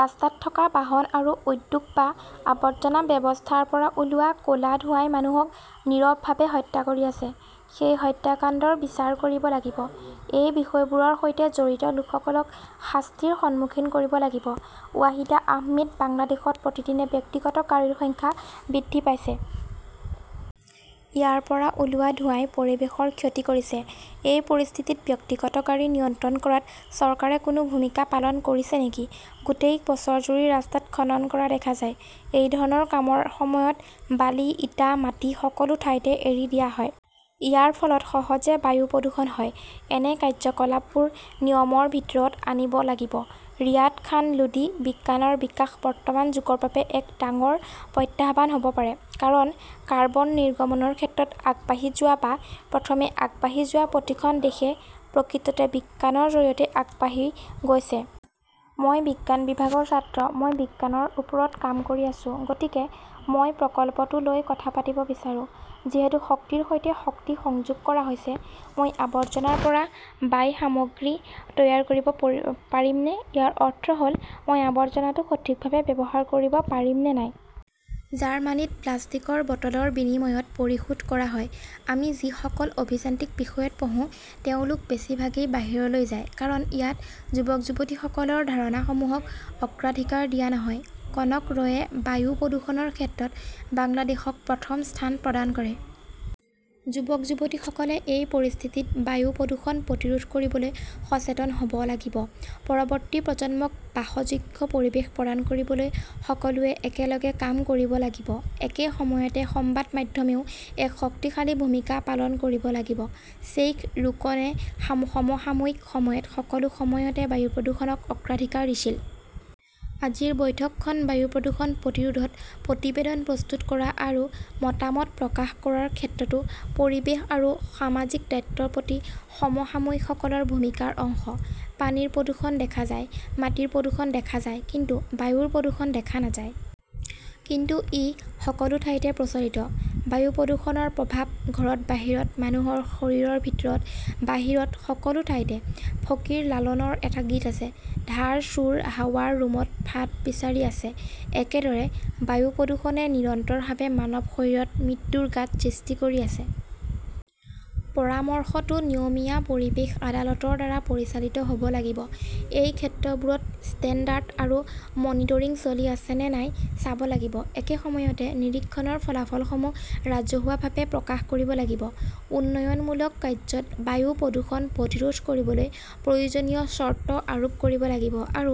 ৰাস্তাত থকা বাহন আৰু উদ্যোগ বা আৱৰ্জনা ব্যৱস্থাৰ পৰা ওলোৱা ক 'লা ধোঁৱাই মানুহক নীৰৱভাৱে হত্যা কৰি আছে। সেই হত্যাকাণ্ডৰ বিচাৰ কৰিব লাগিব। এই বিষয়বোৰৰ সৈতে জড়িত লোকসকলক শাস্তিৰ সন্মুখীন কৰিব লাগিব। ৱাহিদা আহমেদ বাংলাদেশত প্ৰতিদিনে ব্যক্তিগত গাড়ীৰ সংখ্যা বৃদ্ধি পাইছে। ইয়াৰ পৰা ওলোৱা ধোঁৱাই পৰিৱেশৰ ক্ষতি কৰিছে। এই পৰিস্থিতিত ব্যক্তিগত গাড়ী নিয়ন্ত্ৰণ কৰাত চৰকাৰে কোনো ভূমিকা পালন কৰিছে নেকি গোটেই বছৰজুৰি ৰাস্তাত খনন কৰা দেখা যায়। এই ধৰণৰ কামৰ সময়ত বালি, ইটা, মাটি সকলো ঠাইতে এৰি দিয়া হয়। ইয়াৰ ফলত সহজে বায়ু প্ৰদূষণ হয়। এনে কাৰ্যকলাপবোৰ নিয়মৰ ভিতৰত আনিব লাগিব। ৰিয়াদ খান লোদী বিজ্ঞানৰ বিকাশ বৰ্তমান যুগৰ বাবে এক ডাঙৰ প্ৰত্যাহ্বান হ 'ব পাৰে। কাৰণ, কাৰ্বন নিৰ্গমনৰ ক্ষেত্ৰত আগবাঢ়ি যোৱা বা প্ৰথমে আগবাঢ়ি যোৱা প্ৰতিখন দেশে প্ৰকৃততে বিজ্ঞানৰ জৰিয়তে আগবাঢ়ি গৈছে। মই বিজ্ঞান বিভাগৰ ছাত্ৰ। মই বিজ্ঞানৰ ওপৰত কাম কৰি আছো। গতিকে মই প্ৰকল্পটো লৈ কথা পাতিব বিচাৰো। যিহেতু শক্তিৰ সৈতে শক্তি সংযোগ কৰা হৈছে, মই আৱৰ্জনাৰ পৰা বাই সামগ্ৰী তৈয়াৰ কৰিব পাৰিমনে ইয়াৰ অৰ্থ হ’ল মই আৱৰ্জনাটো সঠিকভাৱে ব্যৱহাৰ কৰিব পাৰিম নে নাই। জাৰ্মানীত প্লাষ্টিকৰ বটলৰ বিনিময়ত পৰিশোধ কৰা হয়। আমি যিসকল অভিযান্ত্ৰিক বিষয়ত পঢ়োঁ, তেওঁলোক বেছিভাগেই বাহিৰলৈ যায়। কাৰণ, ইয়াত যুৱক-যুৱতীসকলৰ ধাৰণাসমূহক অগ্ৰাধিকাৰ দিয়া নহয়। কনক ৰয়ে বায়ু প্ৰদূষণৰ ক্ষেত্ৰত বাংলাদেশক প্ৰথম স্থান প্ৰদান কৰে। যুৱক-যুৱতীসকলে এই পৰিস্থিতিত বায়ু প্ৰদূষণ প্ৰতিৰোধ কৰিবলৈ সচেতন হ 'ব লাগিব। পৰৱৰ্তী প্ৰজন্মক বাসযোগ্য পৰিৱেশ প্ৰদান কৰিবলৈ সকলোৱে একেলগে কাম কৰিব লাগিব। একে সময়তে সংবাদ মাধ্যমেও এক শক্তিশালী ভূমিকা পালন কৰিব লাগিব। শ্বেইখ ৰোকনে সমসাময়িক সময়ত সকলো সময়তে বায়ু প্ৰদূষণক অগ্ৰাধিকাৰ দিছিল। আজিৰ বৈঠকখন বায়ু প্ৰদূষণ প্ৰতিৰোধত প্ৰতিবেদন প্ৰস্তুত কৰা আৰু মতামত প্ৰকাশ কৰাৰ ক্ষেত্ৰতো পৰিৱেশ আৰু সামাজিক দায়িত্বৰ প্ৰতি সমসাময়িকসকলৰ ভূমিকাৰ অংশ। পানীৰ প্ৰদূষণ দেখা যায়, মাটিৰ প্ৰদূষণ দেখা যায়, কিন্তু বায়ুৰ প্ৰদূষণ দেখা নাযায়। কিন্তু ই সকলো ঠাইতে প্ৰচলিত। বায়ু প্ৰদূষণৰ প্ৰভাৱ ঘৰত-বাহিৰত, মানুহৰ শৰীৰৰ ভিতৰত-বাহিৰত, সকলো ঠাইতে। ফকীৰ লালনৰ এটা গীত আছে ধাৰ চোৰ হাৱাৰ ৰুমত ফাঁদ বিচাৰি আছে । একেদৰে, বায়ু প্ৰদূষণে নিৰন্তৰভাৱে মানৱ শৰীৰত মৃত্যুৰ গাঁত সৃষ্টি কৰি আছে। পৰামৰ্শটো নিয়মীয়া পৰিৱেশ আদালত ৰ দ্বাৰা পৰিচালিত হ' ব লাগিব। এই ক্ষেত্ৰবোৰত ষ্টেণ্ডাৰ্ড আৰু মনিটৰিং চলি আছে নে নাই চাব লাগিব। একে সময়তে, নিৰীক্ষণৰ ফলাফলসমূহ ৰাজহুৱাভাৱে প্ৰকাশ কৰিব লাগিব। উন্নয়নমূলক কাৰ্য্যত বায়ু প্ৰদূষণ প্ৰতিৰোধ কৰিবলৈ প্ৰয়োজনীয় চৰ্ত আৰোপ কৰিব লাগিব আৰু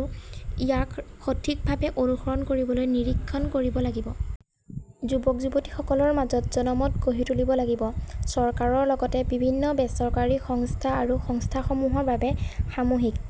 ইয়াক সঠিকভাৱে অনুসৰণ কৰিবলৈ নিৰীক্ষণ কৰিব লাগিব। যুৱক-যুৱতীসকলৰ মাজত জনমত গঢ়ি তুলিব লাগিব। চৰকাৰৰ লগতে বিভিন্ন বেচৰকাৰী সংস্থা আৰু সংস্থাসমূহৰ বাবে সামূহিক